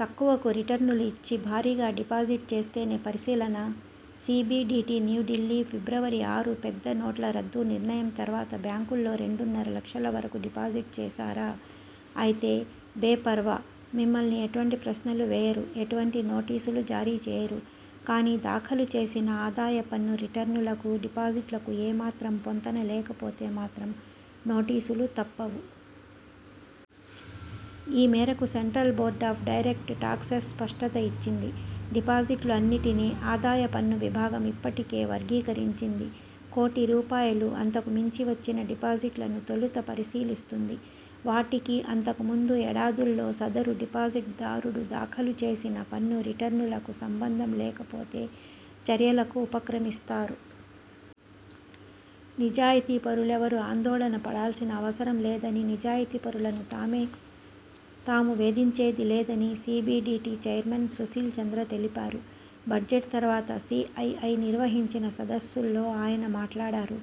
తక్కువకు రిటర్నులు ఇచ్చి భారీగా డిపాజిట్ చేస్తేనే పరిశీలన సీబీడీటీ న్యూఢిల్లీ, ఫిబ్రవరి ఆరు పెద్ద నోట్ల రద్దు నిర్ణయం తర్వాత బ్యాంకుల్లో రెండున్నర లక్షల వరకూ డిపాజిట్ చేశారా!? అయితే, బేపర్వా! మిమ్మల్ని ఎటువంటి ప్రశ్నలూ వేయరు. ఎటువంటి నోటీసులూ జారీ చేయరు. కానీ, దాఖలు చేసిన ఆదాయ పన్ను రిటర్నులకు, డిపాజిట్లకు ఏ మాత్రం పొంతన లేకపోతే మాత్రం నోటీసులు తప్పవు! ఈ మేరకు central board of direct taxes స్పష్టత ఇచ్చింది. డిపాజిట్లు అన్నిటినీ ఆదాయ పన్ను విభాగం ఇప్పటికే వర్గీ కరించింది. కోటి రూపాయలు అంతకు మించి వచ్చిన డిపాజిట్లను తొలుత పరిశీలిస్తుంది. వాటికి, అంతకు ముందు ఏడాదుల్లో సదరు డిపాజిట్ దారుడు దాఖలు చేసిన పన్ను రిటర్నులకు సంబంధం లేకపోతే, చర్యలకు ఉపక్రమిస్తారు. నిజాయతీ పరులెవరూ ఆందోళన పడాల్సిన అవసరం లేదని, నిజాయతీ పరులనుతామే తాము వేధించేది లేదని సీబీడీటీ చైర్మన్ సుశీల్ చంద్ర తెలిపారు. బడ్జెట్ తర్వాత సీఐఐ నిర్వహించిన సదస్సులో ఆయన మాట్లాడారు.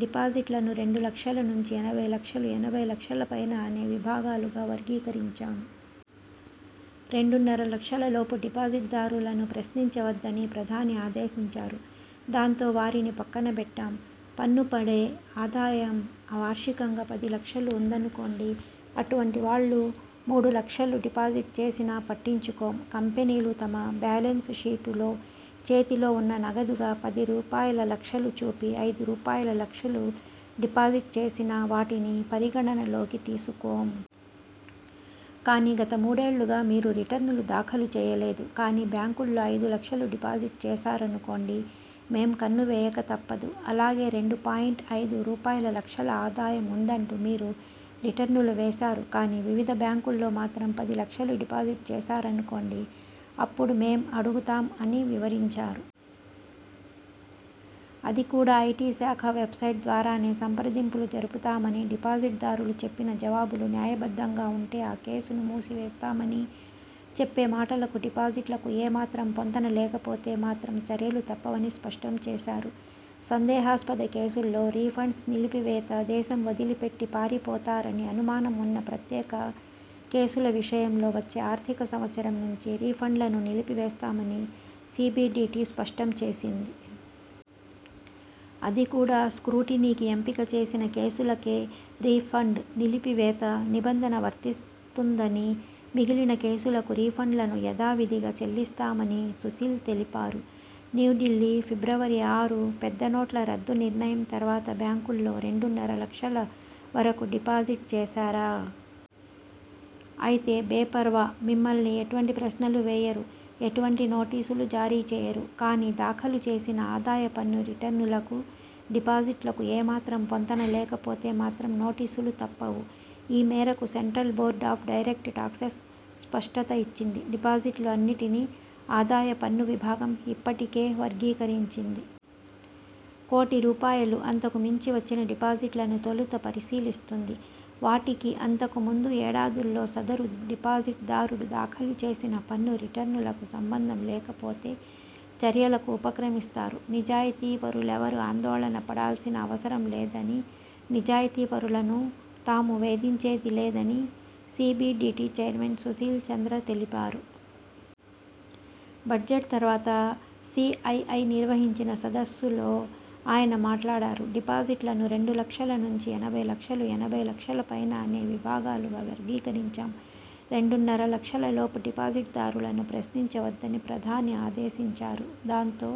''డిపాజిట్లను రెండు లక్షల నుంచి ఎనభై లక్షలు ఎనభై లక్షల పైన అనే విభాగాలుగా వర్గీకరించాం. రెండున్నర లక్షల లోపు డిపాజిట్ దారులను ప్రశ్నించ వద్దని ప్రధాని ఆదేశించారు. దాంతో వారిని పక్కనబెట్టాం. పన్ను పడే ఆదాయం వార్షికంగా పది లక్షలు ఉందనుకోండి. అటువంటి వాళ్లు మూడు లక్షలు డిపాజిట్ చేసినా పట్టించుకోం. కంపెనీ లు తమ బ్యాలెన్స్ షీటులో చేతిలో ఉన్న నగదుగా పది రూపాయల లక్షలు చూపి, ఐదు రూపాయల లక్షలు డిపాజిట్ చేసినా వాటిని పరిగణనలోకి తీసుకోం. కానీ, గత మూడేళ్లుగా మీరు రిటర్నులు దాఖలు చేయలేదు. కానీ, బ్యాంకులో ఐదు లక్షలు డిపాజిట్ చేశారనుకోండి. మేం కన్ను వేయక తప్పదు. అలాగే, రెండు పాయింట్ ఐదు రూపాయల లక్షల ఆదాయం ఉందంటూ మీరు రిటర్నులు వేశారు. కానీ, వివిధ బ్యాంకుల్లో మాత్రం పది లక్షలు డిపాజిట్ చేశారనుకోండి అప్పుడు మేం అడుగుతాం'' అని వివరించారు. అది కూడా ఐటీ శాఖ వెబ్సైట్ ద్వారానే సంప్రదింపులు జరుపుతామని, డిపాజిట్ దారులు చెప్పిన జవాబులు న్యాయ బద్ధంగా ఉంటే ఆ కేసును మూసి వేస్తామని, చెప్పే మాటలకు, డిపాజిట్లకు ఏమాత్రం పొంతన లేకపోతే మాత్రం చర్యలు తప్పవని స్పష్టం చేశారు. సందేహాస్పద కేసుల్లో రిఫండ్స్ నిలిపి వేత దేశం వదిలి పెట్టి పారిపోతారని అనుమానం ఉన్న ప్రత్యేక కేసుల విషయంలో వచ్చే ఆర్థిక సంవత్సరం నుంచి రిఫండ్లను నిలిపి వేస్తామని సీబీడీటీ స్పష్టం చేసింది. అది కూడా స్క్రూటినికి ఎంపిక చేసిన కేసులకే రిఫండ్ నిలిపి వేత నిబంధన వర్తిస్తుందని, మిగిలిన కేసులకు రిఫండ్లను యథా విధిగా చెల్లిస్తామని సుశీల్ తెలిపారు. న్యూఢిల్లీ, ఫిబ్రవరి ఆరు పెద్ద నోట్ల రద్దు నిర్ణయం తర్వాత బ్యాంకుల్లో రెండున్నర లక్షల వరకూ డిపాజిట్ చేశారా!? అయితే, బేపర్వా! మిమ్మల్ని ఎటువంటి ప్రశ్నలూ వేయరు. ఎటువంటి నోటీసులూ జారీ చేయరు. కానీ, దాఖలు చేసిన ఆదాయ పన్ను రిటర్నులకు, డిపాజిట్లకు ఏమాత్రం పొంతన లేకపోతే మాత్రం నోటీసులు తప్పవు! ఈ మేరకు central board of direct taxes స్పష్టత ఇచ్చింది. డిపాజిట్లు అన్నిటినీ ఆదాయ పన్ను విభాగం ఇప్పటికే వర్గీ కరించింది. కోటి రూపాయలు అంతకు మించి వచ్చిన డిపాజిట్లను తొలుత పరిశీలిస్తుంది. వాటికి, అంతకు ముందు ఏడాదుల్లో సదరు డిపాజిట్ దారుడు దాఖలు చేసిన పన్ను రిటర్నులకు సంబంధం లేకపోతే, చర్యలకు ఉపక్రమిస్తారు. నిజాయతీ పరులెవరూ ఆందోళన పడాల్సిన అవసరం లేదని, నిజాయతీ పరులను తాము వేధించేది లేదని సీబీడీటీ చైర్మన్ సుశీల్ చంద్ర తెలిపారు. బడ్జెట్ తర్వాత సీఐఐ నిర్వహించిన సదస్సులో ఆయన మాట్లాడారు. డిపాజిట్లను రెండు లక్షల నుంచి ఎనభై లక్షలు ఎనభై లక్షల పైన అనే విభాగాలుగా వర్గీకరించాం. రెండున్నర లక్షల లోపు డిపాజిట్ దారులను ప్రశ్నించ వద్దని ప్రధాని ఆదేశించారు. దాంతో